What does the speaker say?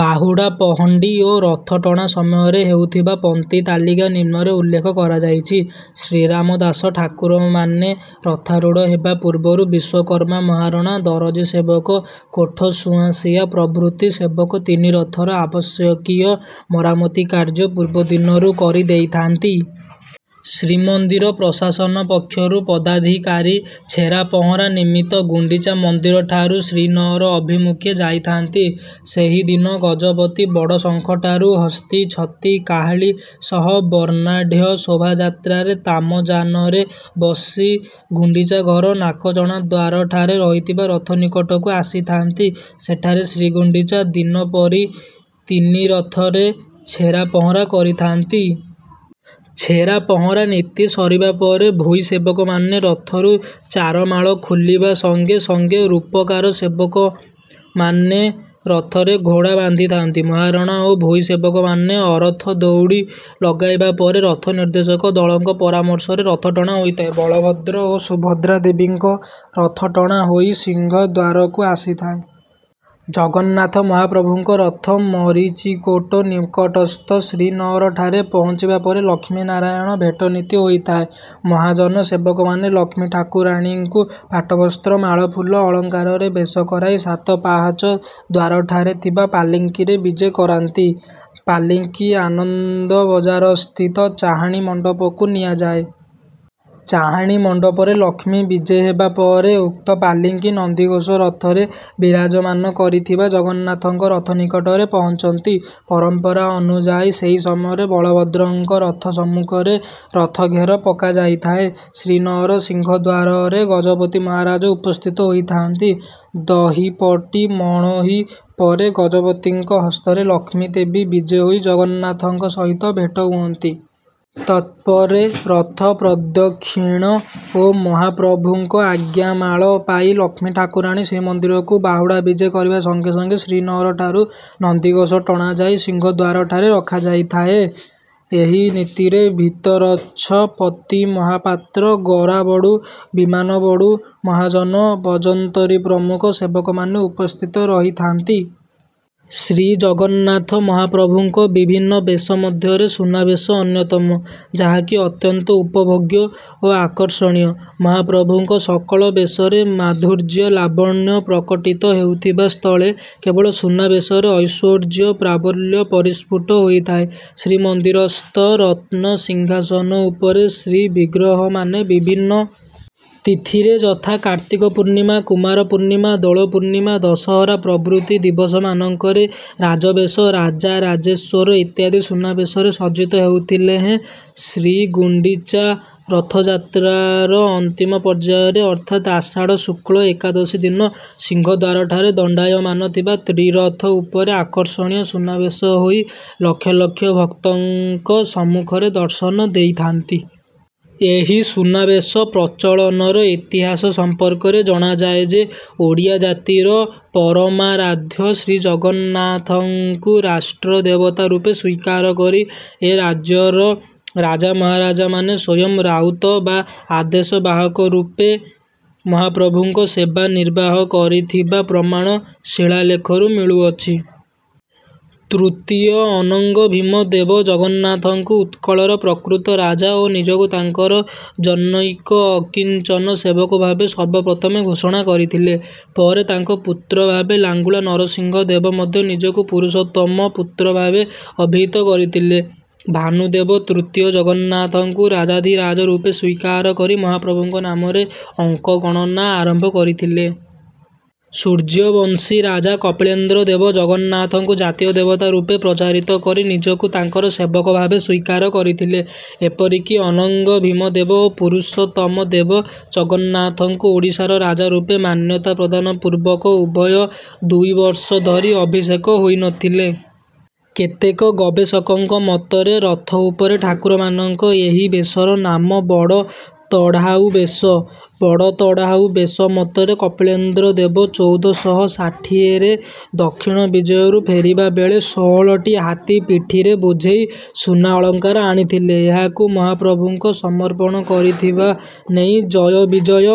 ବାହୁଡ଼ା ପହଣ୍ଡି ଓ ରଥଟଣା ସମୟରେ ହେଉଥିବା ପନ୍ତି ତାଲିକା ନିମ୍ନରେ ଉଲ୍ଲେଖ କରାଯାଇଛି। ଶ୍ରୀରାମ ଦାସ ଠାକୁରମାନେ ରଥାରୂଢ଼ ହେବା ପୂର୍ବରୁ ବିଶ୍ୱକର୍ମା ମହାରଣା, ଦରଜୀ ସେବକ, କୋଠ ସୁଆଁସିଆ ପ୍ରଭୃତି ସେବକ ତିନି ରଥର ଆବଶ୍ୟକୀୟ ମରାମତି କାର୍ଯ୍ୟ ପୂର୍ବଦିନରୁ କରି ଦେଇଥାନ୍ତି। ଶ୍ରୀମନ୍ଦିର ପ୍ରଶାସନ ପକ୍ଷରୁ ପଦାଧିକାରୀ ଛେରା ପହଁରା ନିମିତ୍ତ ଗୁଣ୍ଡିଚା ମନ୍ଦିରଠାରୁ ଶ୍ରୀନଅର ଅଭିମୁଖେ ଯାଇଥାନ୍ତି। ସେହି ଦିନ ଗଜପତି ବଡ଼ଶଙ୍ଖଠାରୁ ହସ୍ତୀ, ଛତି, କାହାଳୀ ସହ ବର୍ଣ୍ଣାଢ଼୍ୟ ଶୋଭାଯାତ୍ରାରେ ତାମଯାନରେ ବସି ଗୁଣ୍ଡିଚା ଘର ନାକଚଣା ଦ୍ୱାରଠାରେ ରହିଥିବା ରଥ ନିକଟକୁ ଆସିଥାନ୍ତି। ସେଠାରେ ଶ୍ରୀଗୁଣ୍ଡିଚା ଦିନ ପରି ତିନି ରଥରେ ଛେରା ପହଁରା କରିଥାନ୍ତି। ଛେରା ପହଁରା ନୀତି ସରିବା ପରେ ଭୋଇ ସେବକମାନେ ରଥରୁ ଚାରମାଳ ଖୋଲିବା ସଙ୍ଗେ ସଙ୍ଗେ ରୂପକାର ସେବକମାନେ ରଥରେ ଘୋଡ଼ା ବାନ୍ଧିଥାନ୍ତି। ମହାରଣା ଓ ଭୋଇ ସେବକମାନେ ଅରଥ ଦଉଡ଼ି ଲଗାଇବା ପରେ ରଥ ନିର୍ଦ୍ଦେଶକ ଦଳଙ୍କ ପରାମର୍ଶରେ ରଥଟଣା ହୋଇଥାଏ। ବଳଭଦ୍ର ଓ ସୁଭଦ୍ରା ଦେବୀଙ୍କ ରଥଟଣା ହୋଇ ସିଂହଦ୍ୱାରକୁ ଆସିଥାଏ। ଜଗନ୍ନାଥ ମହାପ୍ରଭୁଙ୍କ ରଥ ମରିଚିକୋଟ ନିକଟସ୍ଥ ଶ୍ରୀନଅରଠାରେ ପହଞ୍ଚିବା ପରେ ଲକ୍ଷ୍ମୀ ନାରାୟଣ ଭେଟ ନୀତି ହୋଇଥାଏ। ମହାଜନ ସେବକମାନେ ଲକ୍ଷ୍ମୀ ଠାକୁରାଣୀଙ୍କୁ ପାଟବସ୍ତ୍ର, ମାଳଫୁଲ, ଅଳଙ୍କାରରେ ବେଶ କରାଇ ସାତ ପାହଚ ଦ୍ୱାରଠାରେ ଥିବା ପାଲିଙ୍କିରେ ବିଜେ କରାନ୍ତି। ପାଲିଙ୍କି ଆନନ୍ଦବଜାରସ୍ଥିତ ଚାହାଣୀ ମଣ୍ଡପକୁ ନିଆଯାଏ। ଚାହାଣୀ ମଣ୍ଡପରେ ଲକ୍ଷ୍ମୀ ବିଜେ ହେବା ପରେ ଉକ୍ତ ପାଲିଙ୍କି ନନ୍ଦିଘୋଷ ରଥରେ ବିରାଜମାନ କରିଥିବା ଜଗନ୍ନାଥଙ୍କ ରଥ ନିକଟରେ ପହଞ୍ଚନ୍ତି। ପରମ୍ପରା ଅନୁଯାୟୀ ସେହି ସମୟରେ ବଳଭଦ୍ରଙ୍କ ରଥ ସମ୍ମୁଖରେ ରଥ ଘେର ପକାଯାଇଥାଏ। ଶ୍ରୀନଅର ସିଂହଦ୍ୱାରରେ ଗଜପତି ମହାରାଜା ଉପସ୍ଥିତ ହୋଇଥାନ୍ତି। ଦହିପଟି ମଣୋହି ପରେ ଗଜପତିଙ୍କ ହସ୍ତରେ ଲକ୍ଷ୍ମୀ ଦେବୀ ବିଜେ ହୋଇ ଜଗନ୍ନାଥଙ୍କ ସହିତ ଭେଟ ହୁଅନ୍ତି। ତତ୍ପରେ ରଥ ପ୍ରଦକ୍ଷିଣ ଓ ମହାପ୍ରଭୁଙ୍କ ଆଜ୍ଞାମାଳ ପାଇ ଲକ୍ଷ୍ମୀ ଠାକୁରାଣୀ ଶ୍ରୀମନ୍ଦିରକୁ ବାହୁଡ଼ା ବିଜେ କରିବା ସଙ୍ଗେ ସଙ୍ଗେ ଶ୍ରୀନଅର ଠାରୁ ନନ୍ଦିଘୋଷ ଟଣା ଯାଇ ସିଂହଦ୍ୱାରଠାରେ ରଖାଯାଇଥାଏ। ଏହି ନୀତିରେ ଭିତରଚ୍ଛ, ପତି ମହାପାତ୍ର, ଗରାବଡ଼ୁ, ବିମାନବଡ଼ୁ, ମହାଜନ, ବଜନ୍ତରୀ ପ୍ରମୁଖ ସେବକମାନେ ଉପସ୍ଥିତ ରହିଥାନ୍ତି। ଶ୍ରୀଜଗନ୍ନାଥ ମହାପ୍ରଭୁଙ୍କ ବିଭିନ୍ନ ବେଶ ମଧ୍ୟରେ ସୁନା ବେଶ ଅନ୍ୟତମ, ଯାହାକି ଅତ୍ୟନ୍ତ ଉପଭୋଗ୍ୟ ଓ ଆକର୍ଷଣୀୟ। ମହାପ୍ରଭୁଙ୍କ ସକଳ ବେଶରେ ମାଧୁର୍ଯ୍ୟ ଲାବଣ୍ୟ ପ୍ରକଟିତ ହେଉଥିବା ସ୍ଥଳେ, କେବଳ ସୁନା ବେଶରେ ଐଶ୍ୱର୍ଯ୍ୟ ପ୍ରାବଲ୍ୟ ପରିସ୍ଫୁଟ ହୋଇଥାଏ। ଶ୍ରୀମନ୍ଦିରସ୍ଥ ରତ୍ନସିଂହାସନ ଉପରେ ଶ୍ରୀବିଗ୍ରହମାନେ ବିଭିନ୍ନ ତିଥିରେ ଯଥା: କାର୍ତ୍ତିକ ପୂର୍ଣ୍ଣିମା, କୁମାର ପୂର୍ଣ୍ଣିମା, ଦୋଳ ପୂର୍ଣ୍ଣିମା, ଦଶହରା ପ୍ରଭୃତି ଦିବସମାନଙ୍କରେ ରାଜବେଶ, ରାଜା ରାଜେଶ୍ୱର ଇତ୍ୟାଦି ସୁନାବେଶରେ ସଜ୍ଜିତ ହେଉଥିଲେ ହେଁ ଶ୍ରୀଗୁଣ୍ଡିଚା ରଥଯାତ୍ରାର ଅନ୍ତିମ ପର୍ଯ୍ୟାୟରେ ଅର୍ଥାତ ଆଷାଢ଼ ଶୁକ୍ଲ ଏକାଦଶୀ ଦିନ ସିଂହଦ୍ୱାରଠାରେ ଦଣ୍ଡାୟମାନ ଥିବା ତ୍ରିରଥ ଉପରେ ଆକର୍ଷଣୀୟ ସୁନାବେଶ ହୋଇ ଲକ୍ଷ ଲକ୍ଷ ଭକ୍ତଙ୍କ ସମ୍ମୁଖରେ ଦର୍ଶନ ଦେଇଥାନ୍ତି। ଏହି ସୁନାବେଶ ପ୍ରଚଳନର ଇତିହାସ ସମ୍ପର୍କରେ ଜଣାଯାଏ ଯେ, ଓଡ଼ିଆ ଜାତିର ପରମାରାଧ୍ୟ ଶ୍ରୀଜଗନ୍ନାଥଙ୍କୁ ରାଷ୍ଟ୍ର ଦେବତା ରୂପେ ସ୍ୱୀକାର କରି ଏ ରାଜ୍ୟର ରାଜା ମହାରାଜାମାନେ ସ୍ୱୟଂ ରାଉତ ବା ଆଦେଶ ବାହକ ରୂପେ ମହାପ୍ରଭୁଙ୍କ ସେବା ନିର୍ବାହ କରିଥିବା ପ୍ରମାଣ ଶିଳାଲେଖରୁ ମିଳୁଅଛି। ତୃତୀୟ ଅନଙ୍ଗଭୀମ ଦେବ ଜଗନ୍ନାଥଙ୍କୁ ଉତ୍କଳର ପ୍ରକୃତ ରାଜା ଓ ନିଜକୁ ତାଙ୍କର ଜନୈକ ଅକିଞ୍ଚନ ସେବକ ଭାବେ ସର୍ବପ୍ରଥମେ ଘୋଷଣା କରିଥିଲେ। ପରେ ତାଙ୍କ ପୁତ୍ର ଭାବେ ଲାଙ୍ଗୁଳା ନରସିଂହ ଦେବ ମଧ୍ୟ ନିଜକୁ ପୁରୁଷୋତ୍ତମ ପୁତ୍ର ଭାବେ ଅଭିହିତ କରିଥିଲେ। ଭାନୁଦେବ ତୃତୀୟ ଜଗନ୍ନାଥଙ୍କୁ ରାଜାଧିରାଜ ରୂପେ ସ୍ୱୀକାର କରି ମହାପ୍ରଭୁଙ୍କ ନାମରେ ଅଙ୍କ ଗଣନା ଆରମ୍ଭ କରିଥିଲେ। ସୂର୍ଯ୍ୟବଂଶୀ ରାଜା କପିଳେନ୍ଦ୍ର ଦେବ ଜଗନ୍ନାଥଙ୍କୁ ଜାତୀୟ ଦେବତା ରୂପେ ପ୍ରଚାରିତ କରି ନିଜକୁ ତାଙ୍କର ସେବକ ଭାବେ ସ୍ୱୀକାର କରିଥିଲେ। ଏପରିକି ଅନଙ୍ଗଭୀମ ଦେବ ଓ ପୁରୁଷୋତ୍ତମ ଦେବ ଜଗନ୍ନାଥଙ୍କୁ ଓଡ଼ିଶାର ରାଜା ରୂପେ ମାନ୍ୟତା ପ୍ରଦାନ ପୂର୍ବକ ଉଭୟ ଦୁଇ ବର୍ଷ ଧରି ଅଭିଷେକ ହୋଇନଥିଲେ। କେତେକ ଗବେଷକଙ୍କ ମତରେ ରଥ ଉପରେ ଠାକୁରମାନଙ୍କ ଏହି ବେଶର ନାମ ବଡ଼ ତଢ଼ାଉ ବେଶ। ବଡ଼ତଢ଼ାଉ ବେଶ ମତରେ କପିଳେନ୍ଦ୍ର ଦେବ ଚଉଦ ଶହ ଷାଠିଏ ରେ ଦକ୍ଷିଣ ବିଜୟରୁ ଫେରିବା ବେଳେ ଷୋହଳ ଟି ହାତୀ ପିଠିରେ ବୋଝେଇ ସୁନା ଅଳଙ୍କାର ଆଣିଥିଲେ, ଏହାକୁ ମହାପ୍ରଭୁଙ୍କୁ ସମର୍ପଣ କରିଥିବା ନେଇ ଜୟବିଜୟ